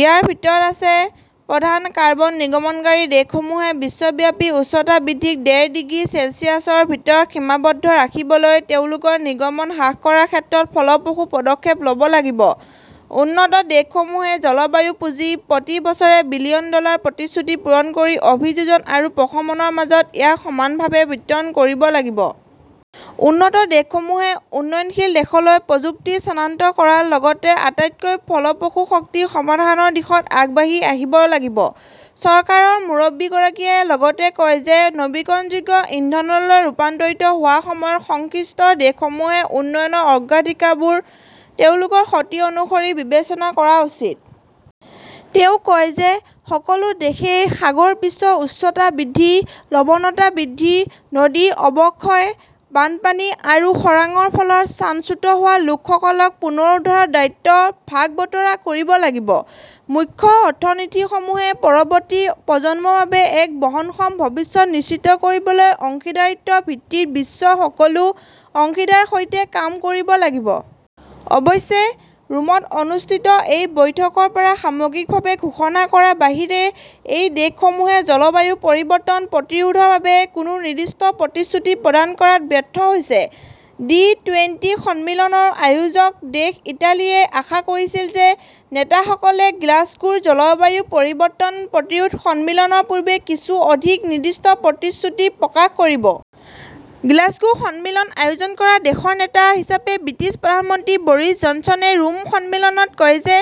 ইয়াৰ ভিতৰত আছে, প্ৰধান কাৰ্বন নিৰ্গমনকাৰী দেশসমূহে বিশ্বব্যাপী উষ্ণতা বৃদ্ধিক ডেৰ ডিগ্ৰী চেলছিয়াছৰ ভিতৰত সীমাবদ্ধ ৰাখিবলৈ তেওঁলোকৰ নিৰ্গমন হ্ৰাস কৰাৰ ক্ষেত্ৰত ফলপ্ৰসূ পদক্ষেপ ল'ব লাগিব। উন্নত দেশসমূহে জলবায়ু পুঁজিৰ, প্ৰতি বছৰে বিলিয়ন ডলাৰৰ প্ৰতিশ্ৰুতি পূৰণ কৰি অভিযোজন আৰু প্ৰশমনৰ মাজত ইয়াক সমানভাৱে বিতৰণ কৰিব লাগিব। উন্নত দেশসমূহে উন্নয়নশীল দেশলৈ প্ৰযুক্তি স্থানান্তৰ কৰাৰ লগতে আটাইতকৈ ফলপ্ৰসূ শক্তি সমাধানৰ দিশত আগবাঢ়ি আহিব লাগিব। চৰকাৰৰ মুৰব্বীগৰাকীয়ে লগতে কয় যে, নৱীকৰণযোগ্য ইন্ধনলৈ ৰূপান্তৰিত হোৱাৰ সময়ত সংশ্লিষ্ট দেশসমূহে উন্নয়নৰ অগ্ৰাধিকাৰবোৰ তেওঁলোকৰ ক্ষতি অনুসৰি বিবেচনা কৰা উচিত। তেওঁ কয় যে, সকলো দেশে সাগৰ পৃষ্ঠৰ উচ্চতা বৃদ্ধি, লৱণতা বৃদ্ধি, নদীৰ অৱক্ষয়, বানপানী আৰু খৰাঙৰ ফলত স্থানচ্যুত হোৱা লোকসকলক পুনৰুদ্ধাৰৰ দায়িত্ব ভাগ-বতৰা কৰিব লাগিব। মুখ্য অৰ্থনীতিসমূহে পৰৱৰ্তী প্ৰজন্মৰ বাবে এক বহনক্ষম ভৱিষ্যত নিশ্চিত কৰিবলৈ অংশীদাৰিত্বৰ ভিত্তিত বিশ্বৰ সকলো অংশীদাৰৰ সৈতে কাম কৰিব লাগিব। অৱশ্যে, ৰোমত অনুষ্ঠিত এই বৈঠকৰ পৰা সামগ্ৰিক ভাৱে ঘোষণা কৰাৰ বাহিৰে, এই দেশসমূহে জলবায়ু পৰিৱৰ্তন প্ৰতিৰোধৰ বাবে কোনো নিৰ্দিষ্ট প্ৰতিশ্ৰুতি প্ৰদান কৰাত ব্যৰ্থ হৈছে। জি টুৱেন্টি সন্মিলনৰ আয়োজক দেশ, ইটালীয়ে আশা কৰিছিল যে, নেতাসকলে গ্লাছগোৰ জলবায়ু পৰিৱৰ্তন প্ৰতিৰোধ সন্মিলনৰ পূৰ্বে কিছু অধিক নিৰ্দিষ্ট প্ৰতিশ্ৰুতি প্ৰকাশ কৰিব। গ্লাছগো সন্মিলন আয়োজন কৰা দেশৰ নেতা হিচাপে ব্ৰিটিছ প্ৰধানমন্ত্ৰী বৰিছ জনছনে ৰোম সন্মিলনত কয় যে,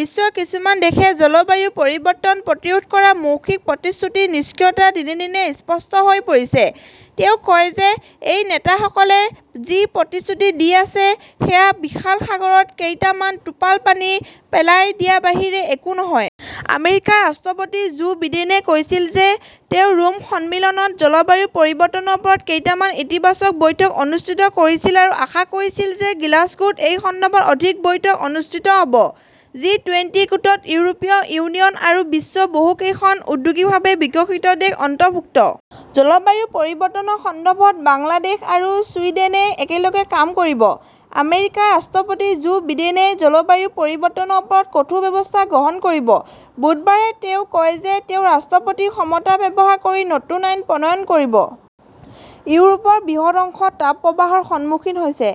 বিশ্বৰ কিছুমান দেশে জলবায়ু পৰিৱৰ্তন প্ৰতিৰোধ কৰাৰ মৌখিক প্ৰতিশ্ৰুতিৰ নিষ্ক্ৰিয়তা দিনে দিনে স্পষ্ট হৈ পৰিছে। তেওঁ কয় যে, এই নেতাসকলে যি প্ৰতিশ্ৰুতি দি আছে, সেয়া বিশাল সাগৰত কেইটামান টোপাল পানী পেলাই দিয়াৰ বাহিৰে একো নহয়। আমেৰিকাৰ ৰাষ্ট্ৰপতি জো বিডেনে কৈছিল যে, তেওঁ ৰোম সন্মিলনত জলবায়ু পৰিৱৰ্তনৰ ওপৰত কেইটামান ইতিবাচক বৈঠক অনুষ্ঠিত কৰিছিল আৰু আশা কৰিছিল যে গ্লাছগোত এই সন্দৰ্ভত অধিক বৈঠক অনুষ্ঠিত হ'ব। জি-টুৱেন্টি গোটত ইউৰোপীয় ইউনিয়ন আৰু বিশ্বৰ বহুতকেইখন ঔদ্যোগিকভাৱে বিকশিত দেশ অন্তৰ্ভুক্ত। জলবায়ু পৰিৱৰ্তনৰ সন্দৰ্ভত বাংলাদেশ আৰু ছুইডেনে একেলগে কাম কৰিব। আমেৰিকাৰ ৰাষ্ট্ৰপতি জো বিডেনে জলবায়ু পৰিৱৰ্তনৰ ওপৰত কঠোৰ ব্যৱস্থা গ্ৰহণ কৰিব। বুধবাৰে তেওঁ কয় যে, তেওঁ ৰাষ্ট্ৰপতিৰ ক্ষমতা ব্যৱহাৰ কৰি নতুন আইন প্ৰণয়ন কৰিব। ইউৰোপৰ বৃহৎ অংশ তাপপ্ৰবাহৰ সন্মুখীন হৈছে।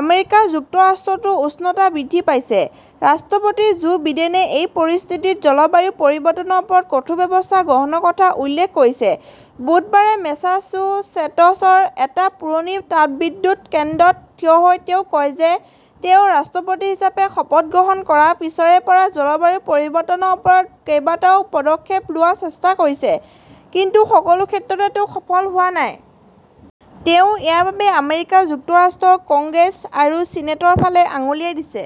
আমেৰিকা যুক্তৰাষ্ট্ৰতো উষ্ণতা বৃদ্ধি পাইছে। ৰাষ্ট্ৰপতি জো বিডেনে এই পৰিস্থিতিত জলবায়ু পৰিৱৰ্তনৰ ওপৰত কঠোৰ ব্যৱস্থা গ্ৰহণৰ কথা উল্লেখ কৰিছে। বুধবাৰে মেছাচুচেটছৰ এটা পুৰণি তাপবিদ্যুৎ কেন্দ্ৰত থিয় হৈ তেওঁ কয় যে, তেওঁ ৰাষ্ট্ৰপতি হিচাপে শপত গ্ৰহণ কৰাৰ পিছৰে পৰা জলবায়ু পৰিৱৰ্তনৰ ওপৰত কেইবাটাও পদক্ষেপ লোৱাৰ চেষ্টা কৰিছে, কিন্তু সকলো ক্ষেত্ৰতে সফল হোৱা নাই। তেওঁ ইয়াৰ বাবে আমেৰিকা যুক্তৰাষ্ট্ৰৰ কংগ্ৰেছ আৰু ছিনেটৰ ফালে আঙুলিয়াই দিছে।